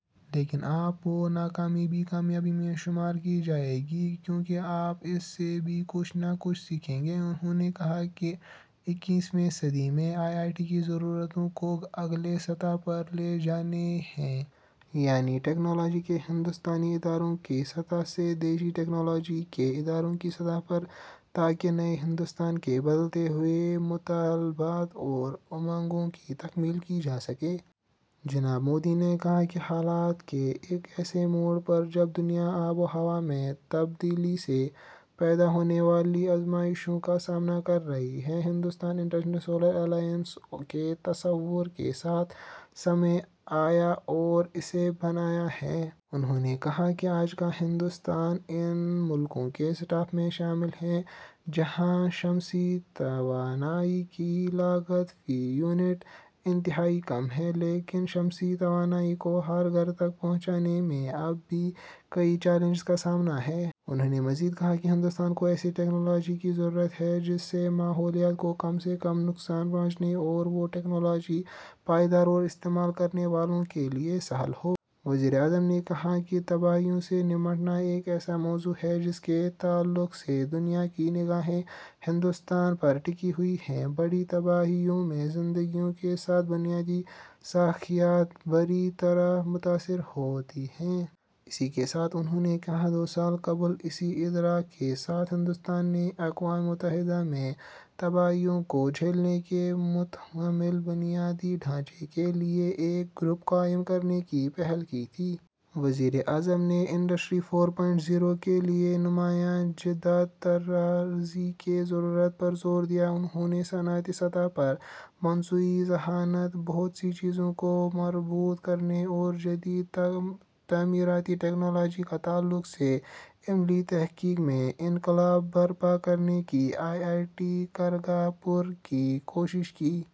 لیکن آپ کی وہ ناکامی بھی کامیابی میں شمار کی جائے گی، کیونکہ آپ اس سے بھی کچھ نہ کچھ سیکھیں گے۔ انہوں نے کہا کہ اکیسویں صدی میں آئی آئی ٹی کی ضرورتوں کو اگلی سطح پر لے جانا ہے، یعنی ٹیکنالوجی کے ہندوستانی اداروں کی سطح سے دیسی ٹیکنالوجیوں کے اداروں کی سطح پر، تاکہ نئے ہندوستان کے بدلتے ہوئے مطالبات اور امنگوں کی تکمیل کی جاسکے۔ جناب مودی نے کہا کہ حالات کے ایک ایسے موڑ پر جب دنیا آب و ہوا میں تبدیلی سے پیدا ہونے والی آزمائشوں کا سامنا کررہی ہے، ہندوستان انٹرنیشنل سولر الائنس کے تصور کے ساتھ سامنے آیا اور اسے بنایا ہے۔ انہوں نے کہا کہ آج کا ہندوستان ان ملکوں کی صف میں شامل ہے جہاں شمسی توانائی کی لاگت فی یونٹ انتہائی کم ہے، لیکن شمسی توانائی کو ہر گھر تک پہنچانے میں اب بھی کئی چیلنجوں کا سامنا ہے۔ انہوں نے مزید کہا کہ ہندوستان کو ایسی ٹیکنالوجی کی ضرورت ہے جس سے ماحولیات کو کم سے کم نقصان پہنچے اور وہ ٹیکنالوجی پائیدار اور استعمال کرنے والے کے لیے سہل ہو۔ وزیر اعظم نے کہا کہ تباہیوں سے نمٹنا ایک ایسا موضوع ہے جس کے تعلق سے دنیا کی نگاہیں ہندوستان پر ٹکی ہوئی ہیں۔ بڑی تباہیوں میں زندگیوں کے ساتھ بنیادی ساختیات بری طرح متاثر ہوتی ہیں۔ اسی کے ساتھ انہوں نے کہا کہ دو سال قبل اسی ادراک کے ساتھ ہندوستان نے اقوام متحدہ میں تباہیوں کو جھیلنے کے متحمل بنیادی ڈھانچے کے لیے ایک گروپ قائم کرنے کی پہل کی تھی۔ وزیر اعظم نے انڈسٹری فور پوائنٹ زیرو کے لیے نمایاں جدت طرازی کی ضرورت پر زور دیا۔ انہوں نے صنعتی سطح پر مصنوعی ذہانت، بہت سی چیزوں کو مربوط کرنے اور جدید تعمیراتی ٹیکنالوجی کے تعلق سے علمی تحقیق میں انقلاب برپا کرنے کی آئی آئی ٹی کھڑگ پور کی کوششوں کی۔